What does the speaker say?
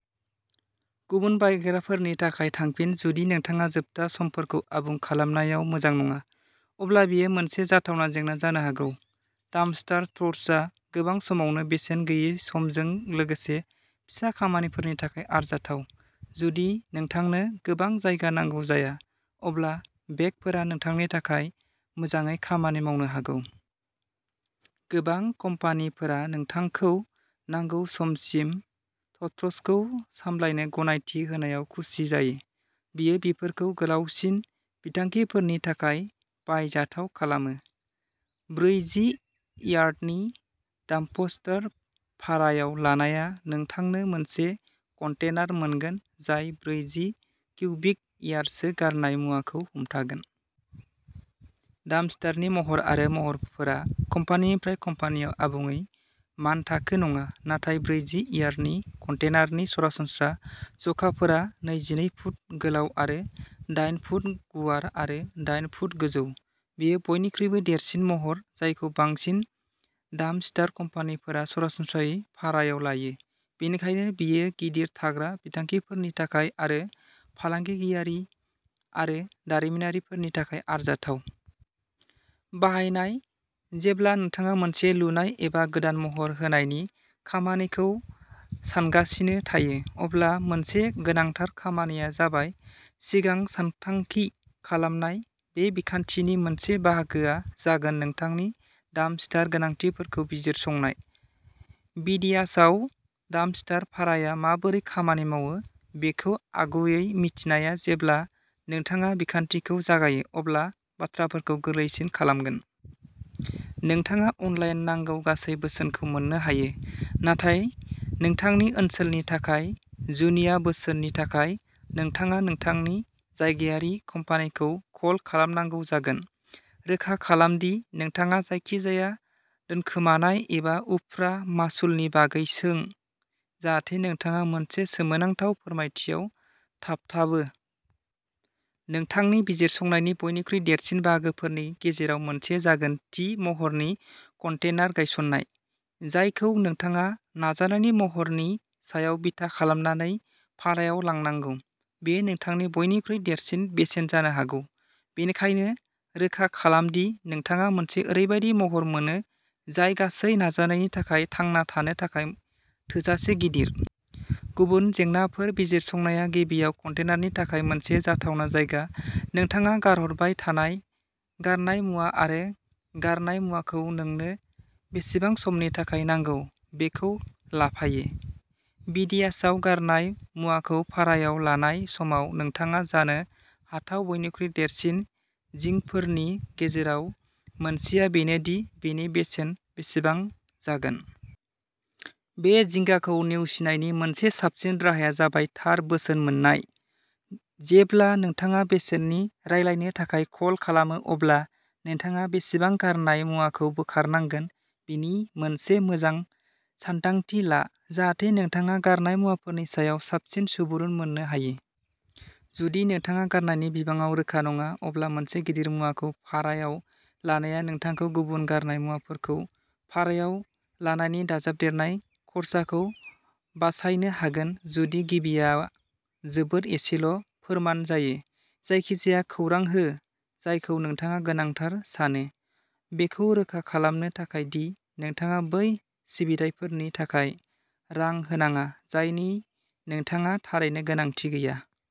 गुबुन बायग्राफोरनि थाखाय थांफिन। जुदि नोंथाङा जोबथा समफोरखौ आबुं खालामनायाव मोजां नङा अब्ला बेयो मोनसे जाथावना जेंना जानो हागौ। डाम्पस्टार टट्सआ गोबां समावनो बेसेन गैयै समजों लोगोसे फिसा खामानिफोरनि थाखाय आरजाथाव। जुदि नोंथांनो गोबां जायगा नांगौ जाया, अब्ला बेगफोरा नोंथांनि थाखाय मोजाङै खामानि मावनो हागौ। गोबां कम्पानिफोरा नोंथांखौ नांगौ समसिम टट्सखौ सामलायनो गनायथि होनायाव खुसि जायो। बेयो बेफोरखौ गोलावसिन बिथांखिफोरनि थाखाय बाहायजाथाव खालामो। ब्रैजि यार्डनि डाम्पस्टार भारायाव लानाया नोंथांनो मोनसे कन्टेनार मोनगोन जाय ब्रैजि किउबिक यार्डसो गारनाय मुवाखौ हमथागोन। डाम्पस्टारनि महर आरो महरफोरा कम्पानिनिफ्राय कम्पानिआव आबुङै मानथाखो नङा, नाथाय ब्रैजि यार्डनि कन्टेनारनि सरासनस्रा जखाफोरा नैजिनै फुट गोलाव आरो दाइन फुट गुवार आरो दाइन फुट गोजौ। बेयो बयनिख्रुइबो देरसिन महर जायखौ बांसिन डाम्पस्टार कम्पानिफोरा सरासनस्रायै भारायाव लायो, बेनिखायनो बेयो गिदिर थाग्रा बिथांखिफोरनि थाखाय आरो फालांगियारि आरो दारिमिनारिफोरनि थाखाय आरजाथाव। बाहायनाय। जेब्ला नोंथाङा मोनसे लुनाय एबा गोदान महर होनायनि खामानिखौ सानगासिनो थायो, अब्ला मोनसे गोनांथार खामानि जाबाय सिगां सानथांखि खालामनाय। बे बिखान्थिनि मोनसे बाहागोआ जागोन नोंथांनि डाम्पस्टार गोनांथिफोरखौ बिजिरसंनाय। बेदियासआव डाम्पस्टार भाराया माबोरै खामानि मावो बेखौ आगुयै मिथिनाया जेब्ला नोंथाङा बिखान्थिखौ जागायो अब्ला बाथ्राफोरखौ गोरलैसिन खालामगोन। नोंथाङा अनलाइन नांगौ गासै बोसोनखौ मोननो हायो, नाथाय नोंथांनि ओनसोलनि थाखाय जुनिया बोसोननि थाखाय, नोंथाङा नोंथांनि जायगायारि कम्पानिखौ कल खालामनांगौ जागोन। रोखा खालाम दि नोंथाङा जायखिजाया दोनखोमानाय एबा उफ्रा मासुलनि बागै सों, जाहाथे नोंथाङा मोनसे सोमोनांथाव फोरमायथियाव थाबथाबो। नोंथांनि बिजिरसंनायनि बयनिख्रुइ देरसिन बाहागोफोरनि गेजेराव मोनसे जागोन थि महरनि कन्टेनार गायसन्नाय, जायखौ नोंथाङा नाजानायनि महरनि सायाव बिथा खालामनानै भारायाव लानांगौ। बेयो नोंथांनि बयनिख्रुइ देरसिन बेसेन जानो हागौ, बेनिखायनो रोखा खालाम दि नोंथाङा मोनसे ओरैबायदि महर मोनो जाय गासै नाजानायनि थाखाय थांना थानो थाखाय थोजासे गिदिर। गुबुन जेंनाफोर बिजिरसंनाया गिबियाव कन्टेनारनि थाखाय मोनसे जाथावना जायगा, नोंथाङा गारहरबाय थानाय गारनाय मुवा आरो गारनाय मुवाखौ नोंनो बेसेबां समनि थाखाय नांगौ, बेखौ लाफायो। बेदियासआव गारनाय मुवाखौ भारायाव लानाय समाव नोंथांहा जानो हाथाव बयनिख्रुइ देरसिन जिंगाफोरनि गेजेराव मोनसेआ बेनो दि बेनि बेसेना बेसेबां जागोन। बे जिंगाखौ नेवसिनायनि मोनसे साबसिन राहाया जाबाय थार बोसोन मोन्नाय। जेब्ला नोंथाङा बेसेननि रायलायनो थाखाय कल खालामो अब्ला नोंथाङा बेसेबां गारनाय मुवाखौ बोखारनांगोन बेनि मोनसे मोजां सान्दांथि ला जाहाथे नोंथाङा गारनाय मुवाफोरनि सायाव साबसिन सुबुरुन मोननो हायो। जुदि नोंथाङा गारनायनि बिबाङाव रोखा नङा, अब्ला मोनसे गिदिर मुवाखौ भारायाव लानाया नोंथांखौ गुबुन गारनाय मुवाफोरखौ भारायाव लानायनि दाजाबदेरनाय खरसाखौ बासायनो हागोन जुदि गिबिआ जोबोद एसेल' फोरमान जायो। जायखिजाया खौरां हो, जायखौ नोंथाङा गोनांथार सानो, बेखौ रोखा खालामनो थाखाय दि नोंथाङा बै सिबिथाइफोरनि थाखाय रां होनाङा, जायनि नोंथाङा थारैनो गोनांथि गैया।